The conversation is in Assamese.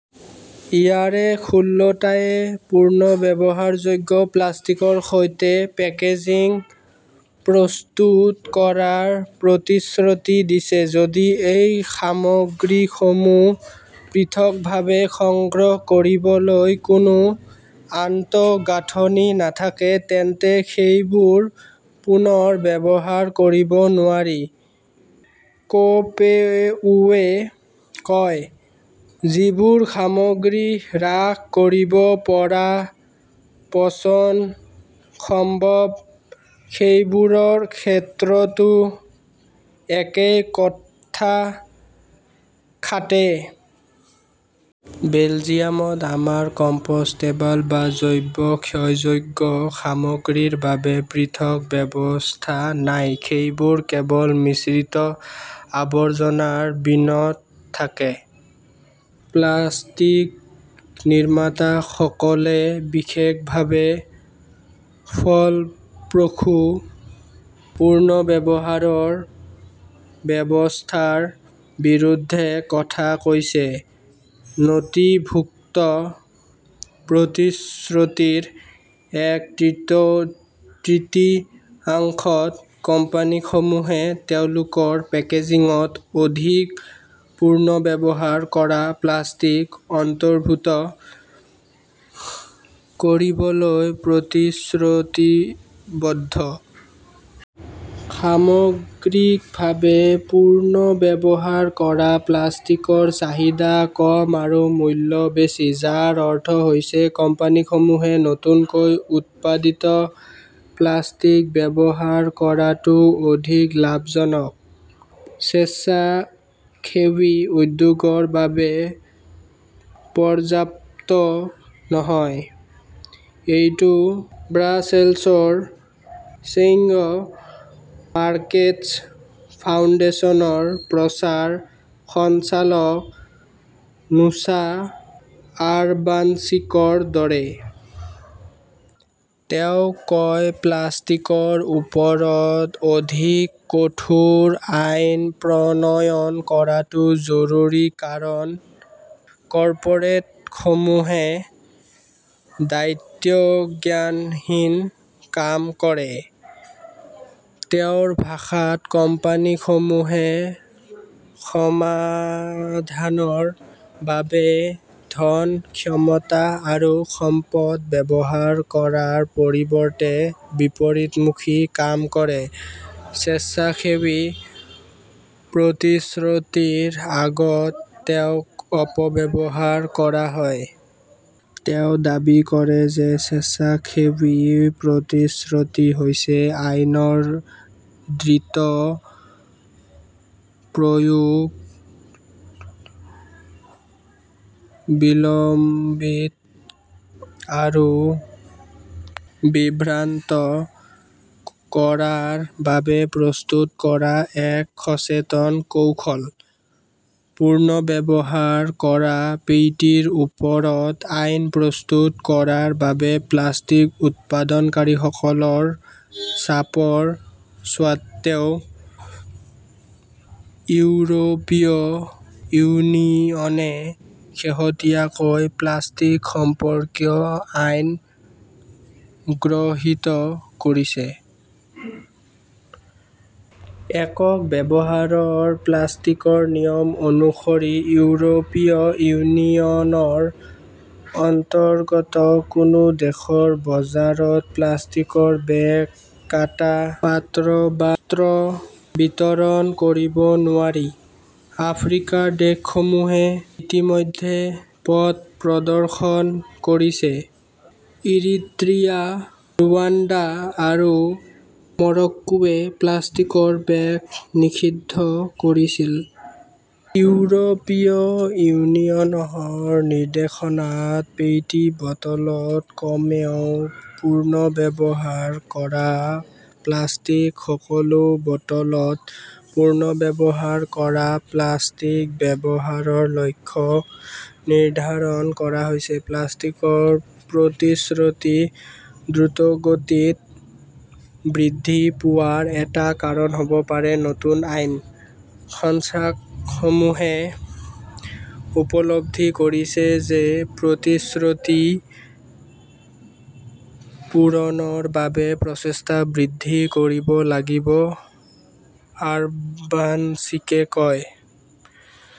ইয়াৰে ষোল্লটায়ে পুনৰ্ব্যৱহাৰযোগ্য প্লাষ্টিকৰ সৈতে পেকেজিং প্ৰস্তুত কৰাৰ প্ৰতিশ্ৰুতি দিছে। যদি এই সামগ্ৰীসমূহ পৃথকভাৱে সংগ্ৰহ কৰিবলৈ কোনো আন্তঃগাঁথনি নাথাকে, তেন্তে সেইবোৰ পুনৰ ব্যৱহাৰ কৰিব নোৱাৰি, কোপেয়োৱে কয়। যিবোৰ সামগ্ৰী হ্ৰাস কৰিব পৰা পচন সম্ভৱ, সেইবোৰৰ ক্ষেত্ৰতো একেই কথা খাটে। বেলজিয়ামত, আমাৰ কম্পোষ্টেবল বা জৈৱ ক্ষয়যোগ্য সামগ্ৰীৰ বাবে পৃথক ব্যৱস্থা নাই। সেইবোৰ কেৱল মিশ্ৰিত আৱৰ্জনাৰ বিনত থাকে। প্লাষ্টিক নিৰ্মাতাসকলে বিশেষভাৱে ফলপ্ৰসূ পুনৰ্ব্যৱহাৰৰ ব্যৱস্থাৰ বিৰুদ্ধে কথা কৈছে। নথিভুক্ত প্ৰতিশ্ৰুতিৰ এক তৃতীয়াংশত, কোম্পানীসমূহে তেওঁলোকৰ পেকেজিঙত অধিক পুনৰ্ব্যৱহাৰ কৰা প্লাষ্টিক অন্তৰ্ভুক্ত কৰিবলৈ প্ৰতিশ্ৰুতিবদ্ধ। সামগ্ৰিকভাৱে, পুনৰ্ব্যৱহাৰ কৰা প্লাষ্টিকৰ চাহিদা কম আৰু মূল্য বেছি, যাৰ অৰ্থ হৈছে কোম্পানীসমূহে নতুনকৈ উৎপাদিত প্লাষ্টিক ব্যৱহাৰ কৰাটো অধিক লাভজনক। স্বেচ্ছাসেৱী উদ্যোগৰ বাবে পৰ্যাপ্ত নহয়। এইটো ব্ৰাছেলছৰ চেঞ্জিং মাৰ্কেটছ ফাউণ্ডেশ্যনৰ প্ৰচাৰ সঞ্চালক নুছা আৰবানচিকৰ দৰে। তেওঁ কয়, প্লাষ্টিকৰ ওপৰত অধিক কঠোৰ আইন প্ৰণয়ন কৰাটো জৰুৰী কাৰণ কৰ্পোৰেটসমূহে দায়িত্বজ্ঞানহীন কাম কৰে। তেওঁৰ ভাষাত, কোম্পানীসমূহে সমাধানৰ বাবে ধন, ক্ষমতা আৰু সম্পদ ব্যৱহাৰ কৰাৰ পৰিৱৰ্তে বিপৰীতমুখী কাম কৰে। স্বেচ্ছাসেৱী প্ৰতিশ্ৰুতিৰ আগত তেওঁক অপব্যৱহাৰ কৰা হয়। তেওঁ দাবী কৰে যে স্বেচ্ছাসেৱী প্ৰতিশ্ৰুতি হৈছে আইনৰ দ্ৰুত প্ৰয়োগ বিলম্বিত আৰু বিভ্ৰান্ত কৰাৰ বাবে প্ৰস্তুত কৰা এক সচেতন কৌশল। পুনৰ্ব্যৱহাৰ কৰা পিইটিৰ ওপৰত আইন প্ৰস্তুত কৰাৰ বাবে প্লাষ্টিক উৎপাদনকাৰীসকলৰ চাপৰ স্বত্বেও ইউৰোপীয় ইউনিয়নে শেহতীয়াকৈ প্লাষ্টিক সম্পৰ্কীয় আইন গৃহীত কৰিছে। একক ব্যৱহাৰৰ প্লাষ্টিকৰ নিয়ম অনুসৰি, ইউৰোপীয় ইউনিয়নৰ অন্তৰ্গত কোনো দেশৰ বজাৰত প্লাষ্টিকৰ বেগ, কাঁটা, পাত্ৰ বা ষ্ট্ৰ' বিতৰণ কৰিব নোৱাৰি। আফ্ৰিকাৰ দেশসমূহে ইতিমধ্যে পথ প্ৰদৰ্শন কৰিছে। ইৰিট্ৰিয়া, ৰুৱাণ্ডা আৰু মৰক্কোৱে প্লাষ্টিকৰ বেগ নিষিদ্ধ কৰিছিল। ইউৰোপীয় ইউনিয়নৰ নিৰ্দেশনাত পিইটি বটলত কমেও পুনৰ্ব্যৱহাৰ কৰা প্লাষ্টিক, সকলো বটলত পুনৰ্ব্যৱহাৰ কৰা প্লাষ্টিক ব্যৱহাৰৰ লক্ষ্য নিৰ্ধাৰণ কৰা হৈছে। প্লাষ্টিকৰ প্ৰতিশ্ৰুতি দ্ৰুতগতিত বৃদ্ধি পোৱাৰ এটা কাৰণ হ'ব পাৰে নতুন আইন। সংস্থাসমূহে উপলব্ধি কৰিছে যে প্ৰতিশ্ৰুতি পূৰণৰ বাবে প্ৰচেষ্টা বৃদ্ধি কৰিব লাগিব, আৰবানচিকে কয়।